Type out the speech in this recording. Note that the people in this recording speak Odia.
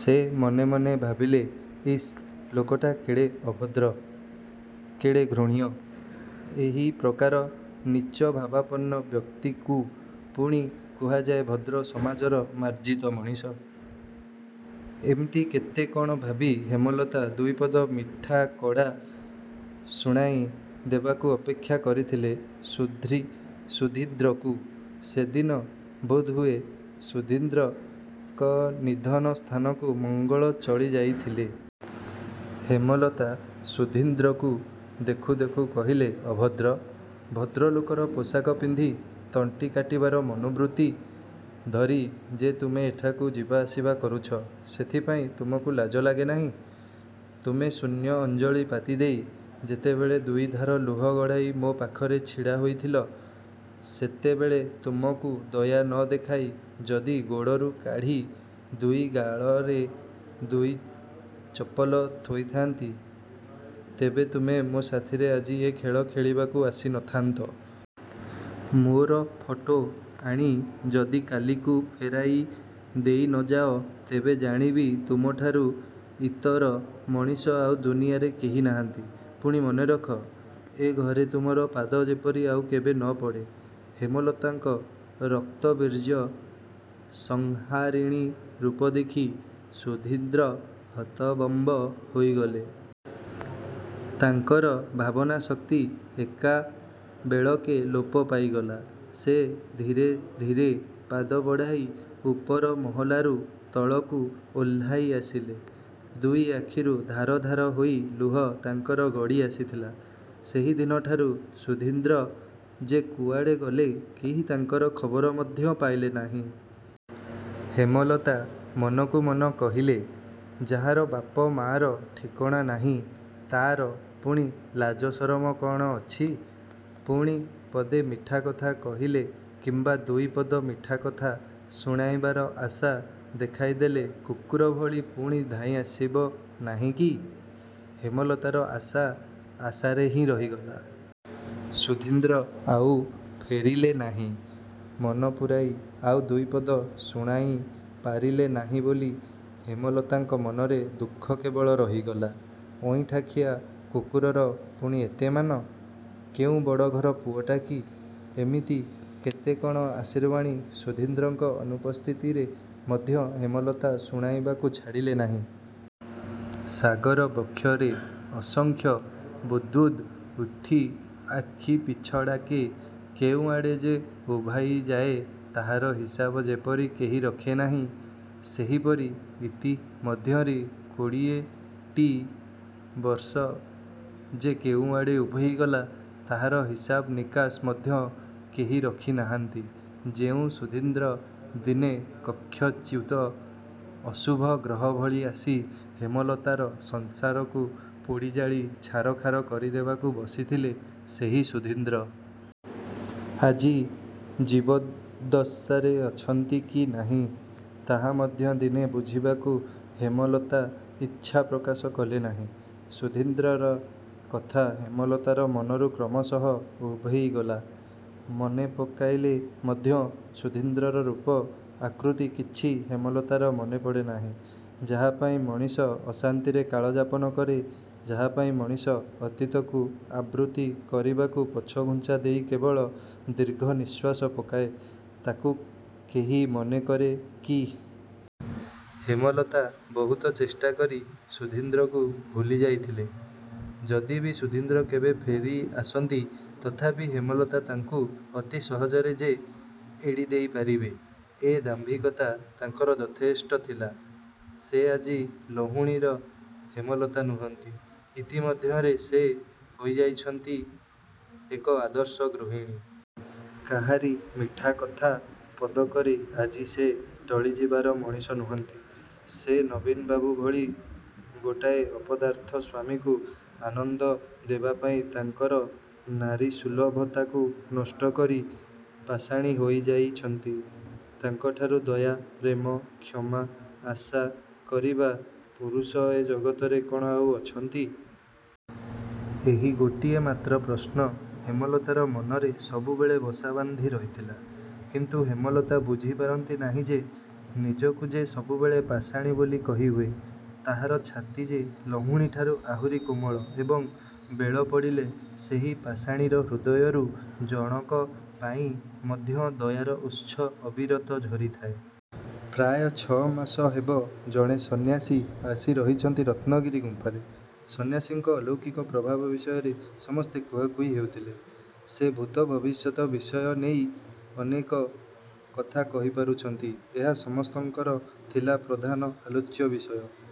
ସେ ମନେମନେ ଭାବିଲେ, ''ଇସ୍ ଲୋକଟା କେଡ଼େ ଅଭଦ୍ର, କେଡ଼େ ଘୃଣ୍ୟ? ଏହିପ୍ରକାର ନୀଚଭାବାପନ୍ନ ବ୍ୟକ୍ତିକୁ ପୁଣି କୁହାଯାଏ ଭଦ୍ର ସମାଜର ମାର୍ଜିତ ମଣିଷ? ଏମିତି କେତେ କ'ଣ ଭାବି ହେମଲତା ଦୁଇପଦ ମିଠାକଡ଼ା ଶୁଣାଇ ଦେବାକୁ ଅପେକ୍ଷା କରିଥିଲେ ସୁଧୀନ୍ଦ୍ରକୁ। '' ସେଦିନ ବୋଧହୁଏ ସୁଧୀନ୍ଦ୍ରଙ୍କ ନିଧନ ସ୍ଥାନକୁ ମଙ୍ଗଳ ଚଳିଯାଇଥିଲେ। ହେମଲତା ସୁଧୀନ୍ଦ୍ରକୁ ଦେଖୁଦେଖୁ କହିଲେ, ''ଅଭଦ୍ର! ଭଦ୍ରଲୋକର ପୋଷାକ ପିନ୍ଧି ତଣ୍ଟି କାଟିବାର ମନୋବୃତ୍ତି ଧରି ଯେ ତୁମେ ଏଠାକୁ ଯିବାଆସିବା କରୁଛ, ସେଥିପାଇଁ ତୁମକୁ ଲାଜ ଲାଗେନାହିଁ। ତୁମେ ଶୂନ୍ୟ ଅଞ୍ଜଳି ପାତିଦେଇ ଯେତେବେଳେ ଦୁଇଧାର ଲୁହ ଗଡ଼ାଇ ମୋ ପାଖରେ ଛିଡ଼ା ହୋଇଥିଲ, ସେତେବେଳେ ତୁମକୁ ଦୟା ନ ଦେଖାଇ ଯଦି ଗୋଡ଼ରୁ କାଢ଼ି ଦୁଇ ଗାଳରେ ଦୁଇ ଚପଲ ଥୋଇଥାନ୍ତି, ତେବେ ତୁମେ ମୋ ସାଥୀରେ ଆଜି ଏ ଖେଳ ଖେଳିବାକୁ ଆସିନଥାନ୍ତ? ମୋର ଫଟୋ ଆଣି ଯଦି କାଲିକୁ ଫେରାଇ ଦେଇ ନ ଯାଅ ତେବେ ଜାଣିବି ତୁମଠାରୁ ଇତର ମଣିଷ ଆଉ ଦୁନିଆରେ କେହି ନାହାନ୍ତି। ପୁଣି ମନେରଖ, ଏ ଘରେ ତୁମର ପାଦ ଯେପରି ଆଉ କେବେ ନ ପଡ଼େ। '' ହେମଲତାଙ୍କ ରକ୍ତବୀର୍ଯ୍ୟ ସଂହାରିଣୀ ରୂପଦେଖି ସୁଧୀନ୍ଦ୍ର ହତବମ୍ବ ହୋଇଗଲେ। ତାଙ୍କର ଭାବନାଶକ୍ତି ଏକାବେଳକେ ଲୋପ ପାଇଗଲା। ସେ ଧୀରେ ଧୀରେ ପାଦ ବଢ଼ାଇ ଉପର ମହଲାରୁ ତଳକୁ ଓହ୍ଲାଇ ଆସିଲେ। ଦୁଇ ଆଖିରୁ ଧାର ଧାର ହୋଇ ଲୁହ ତାଙ୍କର ଗଡ଼ିଆସିଥିଲା। ସେହିଦିନଠାରୁ ସୁଧୀନ୍ଦ୍ର ଯେ କୁଆଡ଼େ ଗଲେ କେହି ତାଙ୍କର ଖବର ମଧ୍ୟ ପାଇଲେ ନାହିଁ। ହେମଲତା ମନକୁ ମନ କହିଲେ, ଯାହାର ବାପ ମାଆର ଠିକଣା ନାହିଁ ତା'ର ପୁଣି ଲାଜସରମ କ'ଣ ଅଛି? ପୁଣି ପଦେ ମିଠାକଥା କହିଲେ କିମ୍ବା ଦୁଇପଦ ମିଠାକଥା ଶୁଣାଇବାର ଆଶା ଦେଖାଇଦେଲେ କୁକୁରଭଳି ପୁଣି ଧାଇଁ ଆସିବ ନାହିଁକି? ହେମଲତାର ଆଶା ଆଶାରେ ହିଁ ରହିଗଲା। ସୁଧୀନ୍ଦ୍ର ଆଉ ଫେରିଲେ ନାହିଁ। ମନ ପୂରାଇ ଆଉ ଦୁଇପଦ ଶୁଣାଇ ପାରିଲେ ନାହିଁ ବୋଲି ହେମଲତାଙ୍କ ମନରେ ଦୁଃଖ କେବଳ ରହିଗଲା। ଅଇଁଠାଖିଆ କୁକୁରର ପୁଣି ଏତେ ମାନ? କେଉଁ ବଡ଼ଘର ପୁଅଟା କି? ଏମିତି କେତେ କ'ଣ ଆଶୀର୍ବାଣୀ ସୁଧୀନ୍ଦ୍ରଙ୍କ ଅନୁପସ୍ଥିତିରେ ମଧ୍ୟ ହେମଲତା ଶୁଣାଇବାକୁ ଛାଡ଼ିଲେ ନାହିଁ। ସାଗର ବକ୍ଷରେ ଅସଂଖ୍ୟ ବୁଦ୍ବୁଦ୍ ଉଠି ଆଖିପିଛଡ଼ାକେ କେଉଁଆଡ଼େ ଯେ ଉଭାଇଯାଏ ତାହାର ହିସାବ ଯେପରି କେହି ରଖେ ନାହିଁ, ସେହିପରି ଇତିମଧ୍ୟରେ କୋଡ଼ିଏଟି ବର୍ଷ ଯେ କେଉଁଆଡ଼େ ଉଭେଇଗଲା, ତାହାର ହିସାବ ନିକାଶ ମଧ୍ୟ କେହି ରଖିନାହାନ୍ତି। ଯେଉଁ ସୁଧୀନ୍ଦ୍ର ଦିନେ କକ୍ଷଚ୍ୟୁତ ଅଶୁଭଗ୍ରହ ଭଳି ଆସି ହେମଲତାର ସଂସାରକୁ ପୋଡ଼ିଜାଳି ଛାରଖାର କରିଦେବାକୁ ବସିଥିଲେ, ସେହି ସୁଧୀନ୍ଦ୍ର। ଆଜି ଜୀବଦ୍ଦଶାରେ ଅଛନ୍ତି କି ନାହିଁ, ତାହା ମଧ୍ୟ ଦିନେ ବୁଝିବାକୁ ହେମଲତା ଇଚ୍ଛା ପ୍ରକାଶ କଲେ ନାହିଁ। ସୁଧୀନ୍ଦ୍ରର କଥା ହେମଲତାର ମନରୁ କ୍ରମଶଃ ଉଭେଇଗଲା। ମନେପକାଇଲେ ମଧ୍ୟ ସୁଧୀନ୍ଦ୍ରର ରୂପ, ଆକୃତି କିଛି ହେମଲତାର ମନେପଡ଼େ ନାହିଁ। ଯାହାପାଇଁ ମଣିଷ ଅଶାନ୍ତିରେ କାଳ ଯାପନ କରେ, ଯାହାପାଇଁ ମଣିଷ ଅତୀତକୁ ଆବୃତ୍ତି କରିବାକୁ ପଛଘୁଞ୍ଚା ଦେଇ କେବଳ ଦୀର୍ଘନିଶ୍ୱାସ ପକାଏ, ତାକୁ କେହି ମନେକରେ କି? ହେମଲତା ବହୁତ ଚେଷ୍ଟାକରି ସୁଧୀନ୍ଦ୍ରକୁ ଭୁଲିଯାଇଥିଲେ। ଯଦି ବି ସୁଧୀନ୍ଦ୍ର କେବେ ଫେରିଆସନ୍ତି, ତଥାପି ହେମଲତା ତାଙ୍କୁ ଅତି ସହଜରେ ଯେ ଏଡ଼ିଦେଇ ପାରିବେ, ଏ ଦାମ୍ଭିକତା ତାଙ୍କର ଯଥେଷ୍ଟ ଥିଲା। ସେ ଆଜି ଲହୁଣୀର ହେମଲତା ନୁହଁନ୍ତି। ଇତିମଧ୍ୟରେ ସେ ହୋଇଯାଇଛନ୍ତି ଏକ ଆଦର୍ଶ ଗୃହିଣୀ। କାହାରି ମିଠାକଥା ପଦକରେ ଆଜି ସେ ଟଳିଯିବାର ମଣିଷ ନୁହଁନ୍ତି। ସେ ନବୀନବାବୁ ଭଳି ଗୋଟାଏ ଅପଦାର୍ଥ ସ୍ୱାମୀକୁ ଆନନ୍ଦ ଦେବାପାଇଁ ତାଙ୍କର ନାରୀସୁଲଭତାକୁ ନଷ୍ଟକରି ପାଷାଣୀ ହୋଇଯାଇଛନ୍ତି। ତାଙ୍କଠାରୁ ଦୟା, ପ୍ରେମ, କ୍ଷମା ଆଶା କରିବା ପୁରୁଷ ଏ ଜଗତରେ କ'ଣ ଆଉ ଅଛନ୍ତି? ଏହି ଗୋଟିଏ ମାତ୍ର ପ୍ରଶ୍ନ ହେମଲତାର ମନରେ ସବୁବେଳେ ବସାବାନ୍ଧି ରହିଥିଲା। କିନ୍ତୁ ହେମଲତା ବୁଝିପାରନ୍ତି ନାହିଁ ଯେ, ନିଜକୁ ଯେ ସବୁବେଳେ ପାଷାଣୀ ବୋଲି କହିହୁଏ, ତାହାର ଛାତି ଯେ ଲହୁଣୀଠାରୁ ଆହୁରି କୋମଳ ଏବଂ ବେଳ ପଡ଼ିଲେ ସେହି ପାଷାଣୀର ହୃଦୟରୁ ଜଣକ ପାଇଁ ମଧ୍ୟ ଦୟାର ଉତ୍ସ ଅବିରତ ଝରିଥାଏ। ପ୍ରାୟ ଛଅ ମାସ ହେବ ଜଣେ ସନ୍ୟାସୀ ଆସି ରହିଛନ୍ତି ରତ୍ନଗିରି ଗୁମ୍ପାରେ। ସନ୍ୟାସୀଙ୍କ ଅଲୌକିକ ପ୍ରଭାବ ବିଷୟରେ ସମସ୍ତେ କୁହାକୁହି ହେଉଥିଲେ। ସେ ଭୂତ, ଭବିଷ୍ୟତ ବିଷୟନେଇ ଅନେକ କଥା କହିପାରୁଛନ୍ତି ଏହା ସମସ୍ତଙ୍କର ଥିଲା ପ୍ରଧାନ ଆଲୋଚ୍ୟ ବିଷୟ।